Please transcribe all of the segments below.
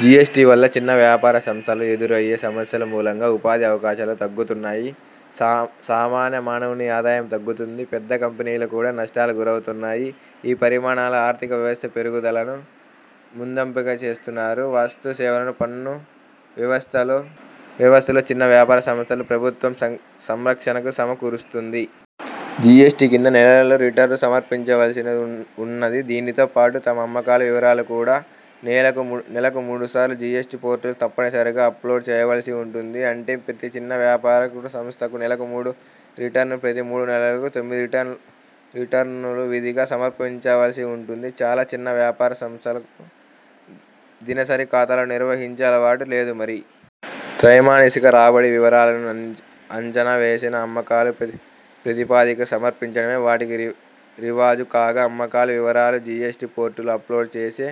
జీఎస్టీవల్ల చిన్న వ్యాపార సంస్థలకు ఎదురయ్యే సమస్యల మూలంగా ఉపాధి అవకాశాలు తగ్గుతాయి; సామాన్య మానవుని ఆదాయం తగ్గుతుంది. పెద్ద కంపెనీలు కూడా నష్టాలకు గురవుతాయి. ఈ పరిణామాలు ఆర్థిక వ్యవస్థ పెరుగుదలను మందగింపచేస్తాయి. వస్తుసేవల పన్ను వ్యవస్థలో చిన్న వ్యాపార సంస్థలకు ప్రభుత్వం సంరక్షణ సమ కూరుస్తుంది. జీఎస్టీ కింద నెలానెలా రిటర్న్స్ సమర్పించవలసివున్నది. దీనితో పాటు తమ అమ్మకాల వివరాలను కూడా నెలకు మూడుసార్లు జీఎస్టీ పోర్టల్కు తప్పసనిసరిగా అప్లోడ్ చేయవలసివుంటుంది. అంటే ప్రతి చిన్న వ్యాపార సంస్థా నెలకు మూడు రిటర్న్స్ను, ప్రతి మూడునెలలకు తొమ్మిది రిటర్న్స్ను విధిగా సమర్పించవలసివుంటుంది. చాలా చిన్న వ్యాపార సంస్థలకు దినసరి ఖాతాలను నిర్వహించే అలవాటు లేదుమరి. త్రైమాసిక రాబడి వివరాలనే అంచనావేసిన అమ్మకాల ప్రాతిపదికన సమర్పించడమే వాటికి రివాజు. కాగా అమ్మకాల వివరాలను జీఎస్టీ పోర్టల్కు అప్లోడ్ చేసే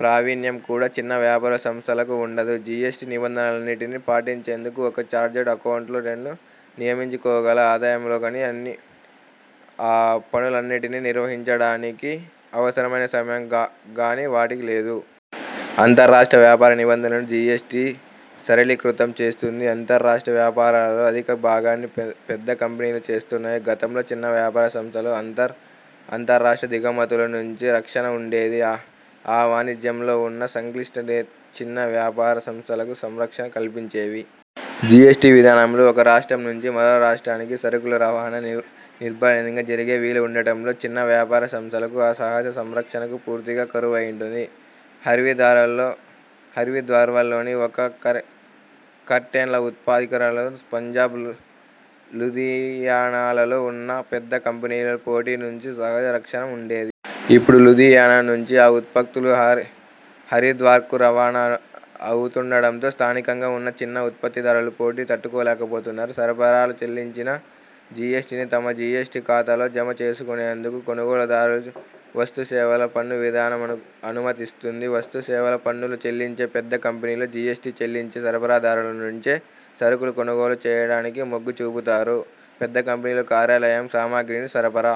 ప్రావీణ్యం కూడా చిన్న వ్యాపార సంస్థలకు వుండదు. జీఎస్టీ నిబంధలన్నిటినీ పాటించేందుకై ఒక చార్టర్డ్ అక్కౌంటెంట్ను నియమించుకోగల ఆదాయంగానీ, ఆ పనులన్నిటినీ నిర్వహించడానికి అవసరమైన సమయం గానీ వాటికి లేదు. అంతర్ రాష్ట్ర వ్యాపార నిబంధనలను జీఎస్టీ సరళీకృతం చేస్తుంది. అంతర్ రాష్ట్ర వ్యాపారాలలో అధిక భాగాన్ని పెద్ద కంపెనీలే చేస్తున్నాయి. గతంలో చిన్న వ్యాపా రసంస్థలకు, అంతర్ రాష్ట్ర దిగుమతుల నుంచి రక్షణ వుండేది. ఆ వాణిజ్యంలో వున్న సంక్లిష్టతలే చిన్న వ్యాపార సంస్థలకు సంరక్షణ కల్పించేవి. జీఎస్టీ విధానంలో ఒక రాష్ట్రం నుంచి మరో రాష్ట్రానికి సరుకుల రవాణా నిర్నిబంధంగా జరిగే వీలు వుండడంతో చిన్న వ్యాపార సంస్థలకు ఆ సహజ సంరక్షణ పూర్తిగా కరువయ్యింది. హరిద్వార్లోని ఒక కర్టెన్ ల ఉత్పత్తిదారుకు పంజాబ్ లూధియానాలో వున్న పెద్ద కంపెనీల పోటీ నుంచి సహజ రక్షణ వుండేది. ఇప్పుడు లూధియానా నుంచి ఆ ఉత్పత్తులు హరిద్వార్కు రవాణా అవుతుండడంతో స్థానికంగా ఉన్న చిన్న ఉత్పత్తిదారులు పోటీని తట్టుకోలేకపోతున్నారు. సరఫరాదారులు చెల్లించిన జీఎస్టీని తమ జీఎస్టీ ఖాతాలో జమ చేసుకొనేం దుకు కొనుగోలుదారులను వస్తుసేవల పన్ను విధానం అనుమతిస్తుంది. వస్తు సేవల పన్నును చెల్లించే పెద్ద కంపెనీలు, జీఎస్టీని చెల్లించే సరఫరాదారుల నుంచే సరుకులను కొనుగోలు చేయడానికి మొగ్గు చూపుతారు. పెద్ద కంపెనీలకు కార్యాలయ సామాగ్రిని సరఫరా